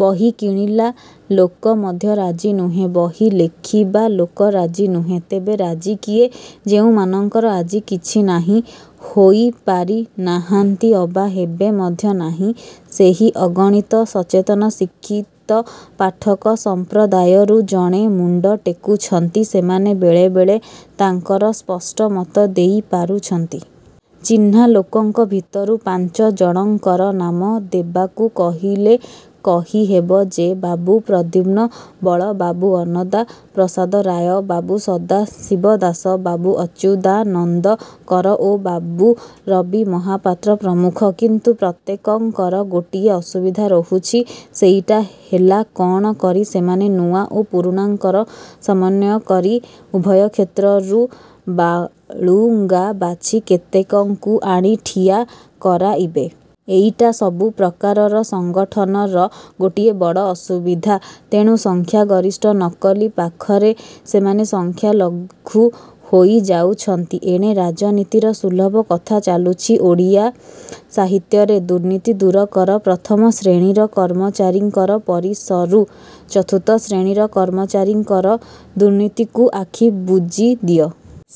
ବହି କିଣିଲା ଲୋକ ମଧ୍ୟ ରାଜି ନୁହେଁ। ବହି ଲେଖିବା ଲୋକ ରାଜି ନୁହେଁ। ତେବେ ରାଜି କିଏ? ଯେଉଁମାନଙ୍କର ଆଜି କିଛି ନାହିଁ-ହୋଇପାରି ନାହାନ୍ତି ଅବା ହେବେ ମଧ୍ୟ ନାହିଁ-ସେହି ଅଗଣିତ ସଚେତନ ଶିକ୍ଷିତ ପାଠକ ସଂପ୍ରଦାୟରୁ ଜଣେ ମୁଣ୍ଡ ଟେକୁଛନ୍ତି, ସେମାନେ ବେଳେବେଳେ ତାଙ୍କର ସ୍ପଷ୍ଟ ମତ ଦେଇ ପାରୁଛନ୍ତି। ଚିହ୍ନା ଲୋକଙ୍କ ଭିତରୁ ପାଞ୍ଚଜଣଙ୍କର ନାମ ଦେବାକୁ କହିଲେ କହିହେବ ଯେ-ବାବୁ ପ୍ରଦ୍ୟୁମ୍ନ ବଳ, ବାବୁ ଅନ୍ନଦା ପ୍ରସାଦ ରାୟ, ବାବୁ ସଦାଶିବ ଦାସ, ବାବୁ ଅଚ୍ୟୁତାନନ୍ଦ କର ଓ ବାବୁ ରବି ମହାପାତ୍ର ପ୍ରମୁଖ। କିନ୍ତୁ ପ୍ରତ୍ୟେକଙ୍କର ଗୋଟିଏ ଅସୁବିଧା ରହୁଛି। ସେଇଟା ହେଲା କ'ଣ କରି ସେମାନେ ନୂଆ ଓ ପୁରୁଣାଙ୍କର ସମନ୍ନୟ କରି ଉଭୟ କ୍ଷେତ୍ରରୁ ବାଳୁଙ୍ଗା ବାଛି କେତେକଙ୍କୁ ଆଣି ଠିଆ କରାଇବେ। ଏଇଟା ସବୁ ପ୍ରକାରର ସଙ୍ଗଠନର ଗୋଟିଏ ବଡ଼ ଅସୁବିଧା। ତେଣୁ ସଂଖ୍ୟାଗରିଷ୍ଠ ନକଲି ପାଖରେ ସେମାନେ ସଂଖ୍ୟାଲଘୁ ହୋଇ ଯାଉଛନ୍ତି। ଏଣେ ରାଜନୀତିର ସୁଲଭ କଥା ଚାଲୁଛି ଓଡ଼ିଆ ସାହିତ୍ୟରେ। ଦୁର୍ନୀତି ଦୂର କର-ପ୍ରଥମ ଶ୍ରେଣୀର କର୍ମଚାରୀଙ୍କର ପରିସରୁ। ଚତୁର୍ଥ ଶ୍ରେଣୀର କର୍ମଚାରୀଙ୍କର ଦୁର୍ନୀତିକୁ ଆଖି ବୁଜି ଦିଅ।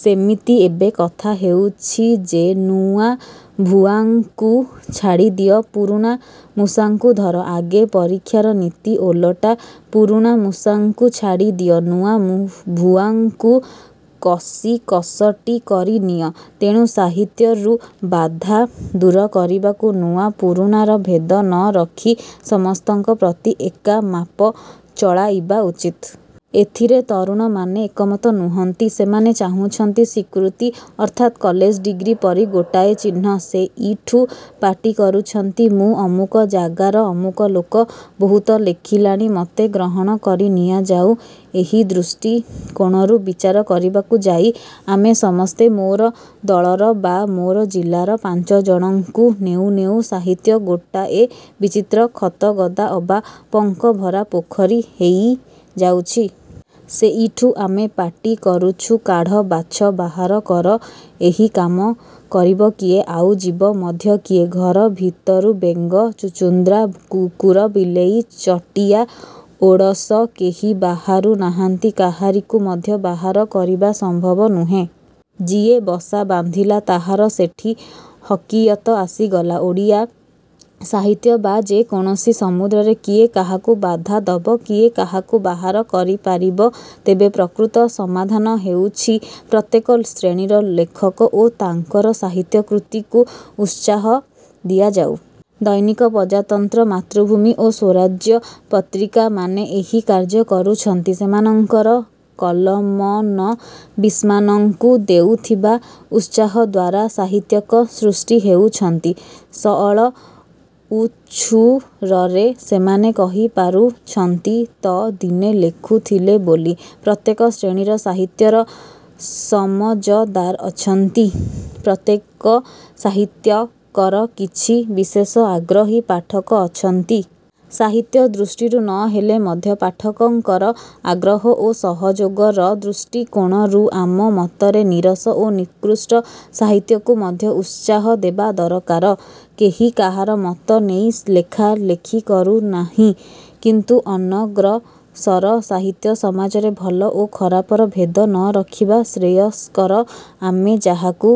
ସେମିତି ଏବେ କଥା ହେଉଛି ଯେ ନୂଆଭୂଆଙ୍କୁ ଛାଡ଼ିଦିଅ। ପୁରୁଣା ମୂଷାଙ୍କୁ ଧର। ଆଗେ ପରୀକ୍ଷାର ନୀତି ଓଲଟା-ପୁରୁଣା ମୂଷାଙ୍କୁ ଛାଡ଼ିଦିଅ। ନୂଆଭୂଆଙ୍କୁ କଷି କଷଟି କରି ନିଅ। ତେଣୁ ସାହିତ୍ୟରୁ ବାଧା ଦୂର କରିବାକୁ ନୂଆପୁରୁଣାର ଭେଦ ନ ରଖି ସମସ୍ତଙ୍କ ପ୍ରତି ଏକା ମାପ ଚଳାଇବା ଉଚିତ୍। ଏଥିରେ ତରୁଣମାନେ ଏକମତ ନୁହନ୍ତି। ସେମାନେ ଚାହୁଁଛନ୍ତି ସ୍ୱୀକୃତି-ଅର୍ଥାତ୍ କଲେଜ ଡିଗ୍ରି ପରି ଗୋଟାଏ ଚିହ୍ନ। ସେଇଠୁ ପାଟି କରୁଛନ୍ତି-ମୁଁ ଅମୁକ ଜାଗାର ଅମୁକ ଲୋକ। ବହୁତ ଲେଖିଲାଣି। ମତେ ଗ୍ରହଣ କରି ନିଆଯାଉ। ଏହି ଦୃଷ୍ଟିକୋଣରୁ ବିଚାର କରିବାକୁ ଯାଇ ଆମେ ସମସ୍ତେ ମୋର ଦଳର ବା ମୋର ଜିଲାର ପାଞ୍ଚଜଣଙ୍କୁ ନେଉ ନେଉ ସାହିତ୍ୟ ଗୋଟାଏ ବିଚିତ୍ର ଖତଗଦା ଅବା ପଙ୍କଭରା ପୋଖରୀ ହେଇଯାଉଛି। ସେଇଠୁ ଆମେ ପାଟି କରୁଛୁ କାଢ଼, ବାଛ, ବାହାର କର। ଏହି କାମ କରିବ କିଏ? ଆଉ ଯିବ। ମଧ୍ୟ କିଏ? ଘର ଭିତରୁ ବେଙ୍ଗ, ଚୁଚୁନ୍ଦ୍ରା, କୁକୁର, ବିଲେଇ, ଚଟିଆ, ଓଡ଼ଶ କେହି ବାହାରୁ ନାହାନ୍ତି। କାହାରିକୁ ମଧ୍ୟ ବାହାର କରିବା ସମ୍ଭବ ନୁହେଁ। ଯିଏ ବସା ବାନ୍ଧିଲା ତାହାର ସେଠି ହକିୟତ ଆସିଗଲା। ଓଡ଼ିଆ ସାହିତ୍ୟ ବା ଯେ କୌଣସି ସମୁଦ୍ରରେ କିଏ କାହାକୁ ବାଧା ଦବ? କିଏ କାହାକୁ ବାହାର କରିପାରିବ? ତେବେ ପ୍ରକୃତ ସମାଧାନ ହେଉଛି ପ୍ରତ୍ୟେକ ଶ୍ରେଣୀର ଲେଖକ ଓ ତାଙ୍କର ସାହିତ୍ୟ କୃତିକୁ ଉତ୍ସାହ ଦିଆଯାଉ। ଦୈନିକ ପ୍ରଜାତନ୍ତ୍ର, ମାତୃଭୂମି ଓ ସ୍ୱରାଜ୍ୟ ପତ୍ରିକା ମାନେ ଏହି କାର୍ଯ୍ୟ କରୁଛନ୍ତି। ସେମାନଙ୍କର କଲମନବିଶ୍ମାନଙ୍କୁ ଦେଉଥିବା ଉତ୍ସାହ ଦ୍ୱାରା ସାହିତ୍ୟିକ ସୃଷ୍ଟି ହେଉଛନ୍ତି-। ସଅଳ ଉଛୁରରେ ସେମାନେ କହିପାରୁଛନ୍ତି ତ ଦିନେ ଲେଖୁଥିଲେ ବୋଲି। ପ୍ରତ୍ୟେକ ଶ୍ରେଣୀର ସାହିତ୍ୟର ସମଜଦାର ଅଛନ୍ତି, ପ୍ରତ୍ୟେକ ସାହିତ୍ୟିକର କିଛି ବିଶେଷ ଆଗ୍ରହୀ ପାଠକ ଅଛନ୍ତି। ସାହିତ୍ୟ ଦୃଷ୍ଟିରୁ ନ ହେଲେ ମଧ୍ୟ ପାଠକଙ୍କର ଆଗ୍ରହ ଓ ସହଯୋଗର ଦୃଷ୍ଟିକୋଣରୁ ଆମ ମତରେ ନିରସ ଓ ନିକୃଷ୍ଟ ସାହିତ୍ୟକୁ ମଧ୍ୟ ଉତ୍ସାହ ଦେବା ଦରକାର। କେହି କାହାର ମତ ନେଇ ଲେଖାଲେଖି କରୁନାହିଁ। କିନ୍ତୁ ଅନଗ୍ରସର ସାହିତ୍ୟ ସମାଜରେ ଭଲ ଓ ଖରାପର ଭେଦ ନ ରଖିବା ଶ୍ରେୟସ୍କର। ଆମେ ଯାହାକୁ